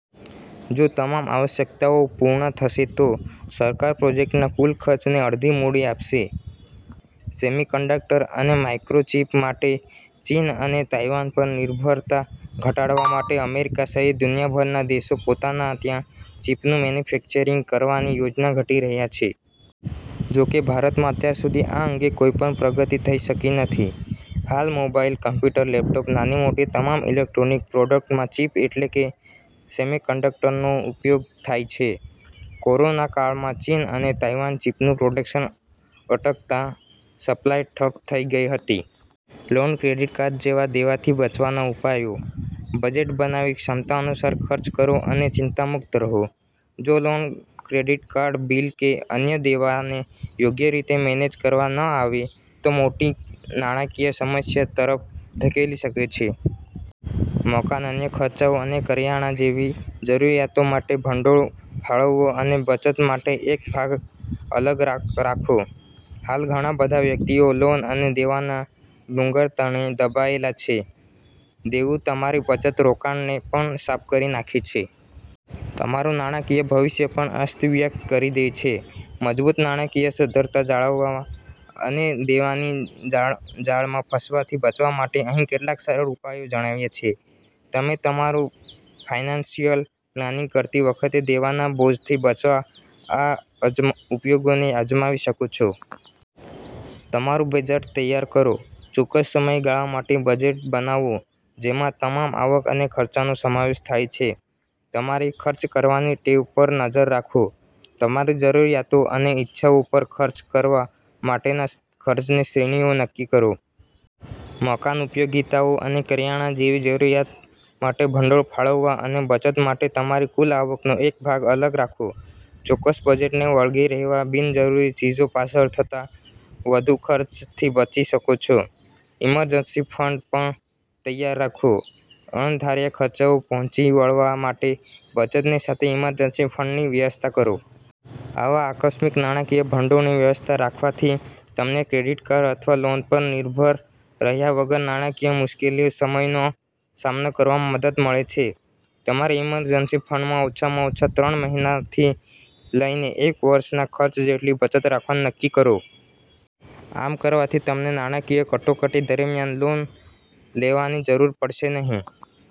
જો તમામ આવશ્યકતાઓ પૂર્ણ થશે તો સરકાર પ્રોજેક્ટના કુલ ખર્ચને અડધી મૂડી આપશે. સેમીકન્ડક્ટર અને માઇક્રો ચીપ માટે ચીન અને તાઇવાન પર નિર્ભરતા ઘટાડવા માટે અમેરિકા સહિત દુનિયાભરના દેશો પોતાના ત્યાં ચીપનું મેન્યુફેક્ચરિંગ કરવાની યોજના ઘડી રહ્યા છે. જો કે ભારતમાં અત્યાર સુધી આ અંગે કોઇ પણ પ્રગતિ થઇ શકી નથી. હાલ મોબાઇલ, કોમ્પ્યુટર, લેપટોપ, નાની-મોટી તમામ ઇલેક્ટ્રિક પ્રોડક્ટમાં ચીપ એટલે કે સેમીકન્ડક્ટરનો ઉપયોગ થાય છે. કોરોના કાળમાં ચીન અને તાઇવાન ચીપનું પ્રોડક્શન અટકતા સપ્લાય ઠપ્પ થઇ ગઇ હતી. લોન-ક્રેડિટ કાર્ડ જેવા દેવાથી બચવાનો ઉપાયો; બજેટ બનાવી ક્ષમતા અનુસાર ખર્ચ કરો અને ચિંતામુક્ત રહો. જો લોન- ક્રેડિટ કાર્ડ બીલ કે અન્ય દેવાને યોગ્ય રીતે મેનેજ કરવા ન આવે તો મોટી નાણાકીય સમસ્યા તરફ ધકેલી શકે છે. મકાન, અન્ય ખર્ચાઓ અને કરિયાણા જેવી જરૂરિયાતો માટે ભંડોળ ફાળવો અને બચત માટે એક ભાગ અલગ રાખો. હાલ ઘણા બધા વ્યક્તિઓ લોન અને દેવાના ડુંગરતળે દબાયેલા છે. દેવું તમારી બચત – રોકાણ ને પણ સાફ કરી નાંખે છે. તમારું નાણાંકીય ભવિષ્ય પણ અસ્તવ્યક્ત કરી દે છે. મજબૂત નાણાકીય સદ્ધરતા જાળવવા અને દેવાની જાળ જાળમાં ફસાવાથી બચવા માટે અહીં કેટલાક સરળ ઉપાયો જણાવ્યા છે. તમે તમારું ફાઇનાન્સિયલ પ્લાનિગ કરતી વખતે દેવાના બોજથી બચવા આ ઉપયોગો ને અજમાવી શકો છો. તમારું બજેટ તૈયાર કરો, ચોક્કસ સમયગાળા માટે બજેટ બનાવો જેમાં તમામ આવક અને ખર્ચા નો સમાવેશ થાય છે. તમારી ખર્ચ કરવાની ટેવ પર નજર રાખો. તમારી જરૂરિયાતો અને ઇચ્છાઓ ઉપર ખર્ચ કરવા માટેના ખર્ચની શ્રેણી ઓ નક્કી કરો. મકાન, ઉપયોગિતાઓ અને કરિયાણા જેવી જરૂરિયાત માટે ભંડોળ ફાળવા અને બચત માટે તમારી કુલ આવકનો એક ભાગ અલગ રાખો. ચોક્કસ બજેટને વળગી રહેવા બિનજરૂરી ચીજો પાછળ થતા વધુ ખર્ચથી બચી શકો છો. ઈમરજન્સી ફંડ પણ તૈયાર રાખો, અણધાર્યા ખર્ચાઓ પહોંચી વળવા માટે બચતની સાથે ઈમરજન્સી ફંડની વ્યવસ્થા કરો. આવા આકસ્મિક નાણાંકીય ભંડોળની વ્યવસ્થા રાખવાથી તમને ક્રેડિટ કાર્ડ અથવા લોન પર નિર્ભર રહ્યા વગર નાણાંકીય મુશ્કેલ સમયનો સામનો કરવામાં મદદ મળે છે. તમારી ઈમરજન્સી ફંડમાં ઓછામાં ઓછા ત્રણ મહિનાથી લઈને એક વર્ષના ખર્ચ જેટલી બચત રાખવાનું નક્કી કરો. આમ કરવાથી તમને નાણાંકીય કટોકટી દરમિયાન લોન લેવાની જરૂર પડશે નહી.